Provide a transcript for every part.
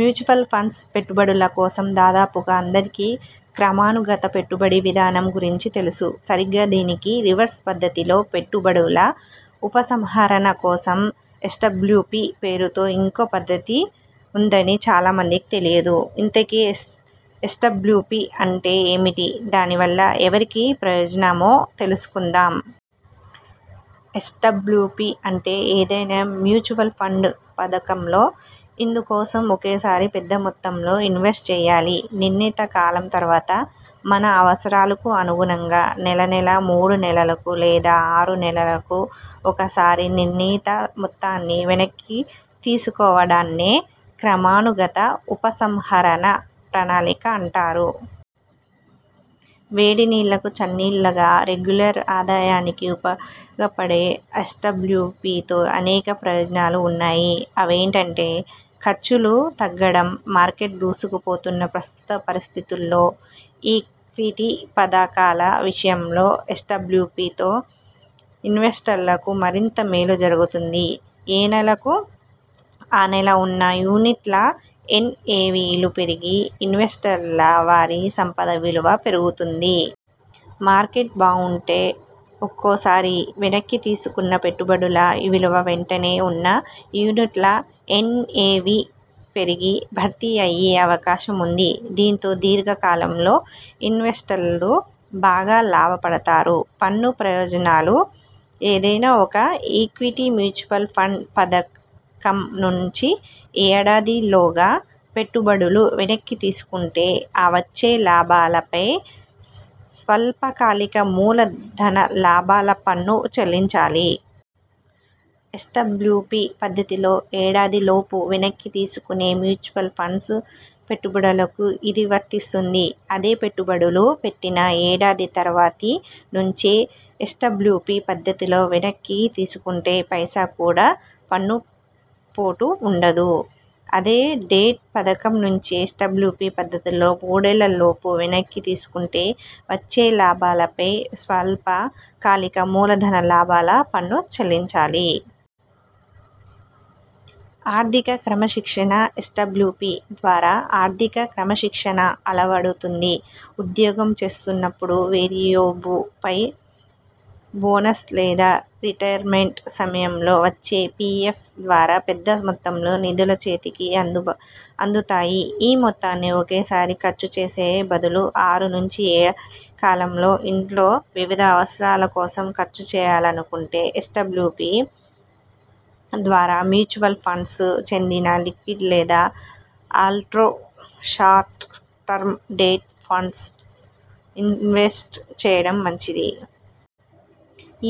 Mutual funds పెట్టుబడుల కోసం దాదాపుగా అందరికీ క్రమాను గత పెట్టుబడి విధానం గురించి తెలుసు. సరిగ్గా దీనికి రివర్స్ పద్ధతిలో పెట్టుబడుల ఉపసంహరణ కోసం ఎస్డబ్ల్యుపి పేరుతో ఇంకో పద్ధతి ఉందని చాలా మందికి తెలియదు. ఇంతకీ ఎస్డబ్ల్యుపి అంటే ఏమిటి? దాని వల్ల ఎవరికి ప్రయోజనమో తెలుసుకుందాం. ఎస్డబ్ల్యుపి అంటే? ఏదైనా మ్యూచువల్ ఫండ్ పథకంలో ఇందు కోసం ఒకేసారి పెద్ద మొత్తంలో ఇన్వెస్ట్ చేయాలి. నిర్ణీత కాలం తర్వాత, మన అవసరాలకు అనుగుణంగా నెలనెలా, మూడు నెలలకు లేదా ఆరు నెలలకు ఒకసారి నిర్ణీత మొత్తాన్ని వెనక్కి తీసుకోవడాన్నే క్రమాను గత ఉపసంహరణ ప్రణాళిక అంటారు. వేడి నీళ్లకు చన్నీళ్లలా రెగ్యులర్ ఆదాయానికి ఉపయోగపడే ఎస్డబ్ల్యుపితో అనేక ప్రయోజనాలు ఉన్నాయి. అవేంటంటే ఖర్చులు తగ్గడంమార్కెట్ దూసుకు పోతున్న ప్రస్తుత పరిస్థితుల్లో ఈక్విటీ పథకాల విషయంలో ఎస్డబ్ల్యుపితో ఇన్వెస్టర్లకు మరింత మేలు జరుగుతుంది. ఏ నెలకు ఆ నెల ఉన్న యూనిట్ల ఎన్ఎవిలు పెరిగి, ఇన్వెస్టర్ల వారి సంపద విలువా పెరుగుతుంది. మార్కెట్ బాగుంటే ఒక్కోసారి వెనక్కి తీసుకున్నపెట్టుబడుల విలువ వెంటనే ఉన్న యూనిట్ల ఎన్ఎవి పెరిగి భర్తీ అయ్యే అవకాశం ఉంది. దీంతో దీర్ఘ కాలంలో ఇన్వెస్టర్లు బాగా లాభపడతారు. పన్ను ప్రయోజనాలు ఏదైనా ఒక ఈక్విటీ మ్యూచువల్ ఫండ్ పథకం నుంచి ఏడాదిలోగా పెట్టుబడులు వెనక్కి తీసుకుంటే ఆ వచ్చే లాభాల పై స్వల్పకాలిక మూల ధన లాభాల పన్ను చెల్లించాలి. ఎస్డబ్ల్యుపి పద్ధతిలో ఏడాదిలోపు వెనక్కి తీసుకునే మ్యూచువల్ ఫండ్స్ పెట్టుబడులకూ ఇది వర్తిస్తుంది. అదే పెట్టుబడులు పెట్టిన ఏడాది తర్వాతి నుంచి ఎస్డబ్ల్యుపి పద్ధతిలో వెనక్కి తీసుకుంటే పైసా కూడా పన్నుపోటు ఉండదు. అదే డెట్ పథకం నుంచి ఎస్డబ్ల్యుపి పద్ధతిలో మూడేళ్ల లోపు వెనక్కి తీసుకుంటే వచ్చే లాభాలపై స్వల్ప కాలిక మూల ధన లాభాల పన్ను చెల్లించాలి. ఆర్థిక క్రమశిక్షణ ఎస్డబ్ల్యుపి ద్వారా ఆర్థిక క్రమశిక్షణ అలవడుతుంది. ఉద్యోగం చేస్తున్నపుడు వేరియేబు పై, బోనస్ లేదా రిటైర్మెంట్ సమయంలో వచ్చే పిఎఫ్ ద్వారా పెద్ద మొత్తంలో నిధులు చేతికి అందుతాయి. ఈ మొత్తాన్ని ఒకేసారి ఖర్చు చేసే బదులు ఆరు నుంచి ఏడాది కాలంలో ఇంట్లో వివిధ అవసరాల కోసం ఖర్చు చేయాలనుకుంటే ఎస్డబ్ల్యుపి ద్వారా మ్యూచువల్ ఫండ్స్కు చెందిన లిక్విడ్ లేదా ultra short term debt funds invest చేయడం మంచిది.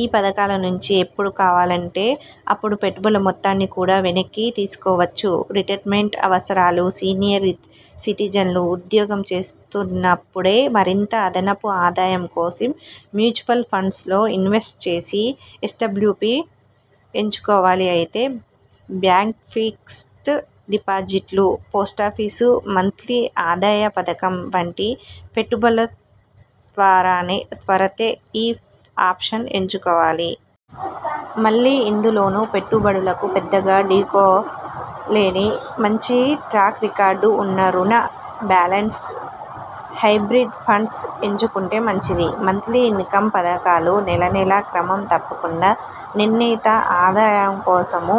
ఈ పథకాల నుంచి ఎప్పుడు కావాలంటే అప్పుడు పెట్టుబడుల మొత్తాన్ని కూడా వెనక్కి తీసుకోవచ్చు. రిటైర్మెంట్ అవసరాలు సీనియర్ సిటిజన్లు ఉద్యోగం చేస్తున్నపుడే మరింత అదనపు ఆదాయం కోసం మ్యూచువల్ ఫండ్స్లో ఇన్వెస్ట్ చేసి ఎస్డబ్ల్యుపి ఎంచుకోవాలి. అయితే బ్యాంక్ ఫిక్స్డ్ డిపాజిట్లు, పోస్టాఫీసు మంత్లీ ఆదాయ పథకం వంటి పెట్టుబడుల ద్వారానే తర్వాతే ఈ ఆప్షన్ను ఎంచుకోవాలి. మళ్లీ ఇందులోనూ పెట్టు బడులకు పెద్దగా ఢీకాలేని మంచి ట్రాక్ రికార్డు ఉన్న రుణ, బ్యాలెన్స్, హైబ్రిడ్ ఫండ్స్ ఎంచుకుంటే మంచిది. మంత్లీ ఇన్కమ్ పథకాలు నెలనెలా క్రమం తప్పకుండా నిర్ణీత ఆదాయం కోసమూ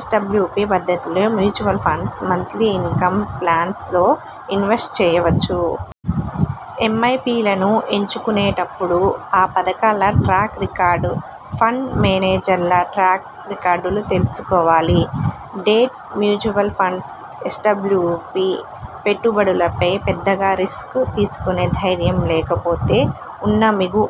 ఎస్డబ్ల్యుపి పద్ధతిలో mutual funds monthly income plans లో ఇన్వెస్ట్ చేయవచ్చు. ఎంఐపిలను ఎంచుకునేటప్పుడు ఆ పథకాల ట్రాక్ రికార్డు, ఫండ్ మేనేజర్ల ట్రాక్ రికార్టులు తెలుసు కోవాలి. డెట్ మ్యూచువల్ ఫండ్స్ ఎస్డబ్ల్యుపి పెట్టు బడులపై పెద్దగా రిస్కు తీసుకునే ధైర్యం లేకపోతే ఉన్న మిగు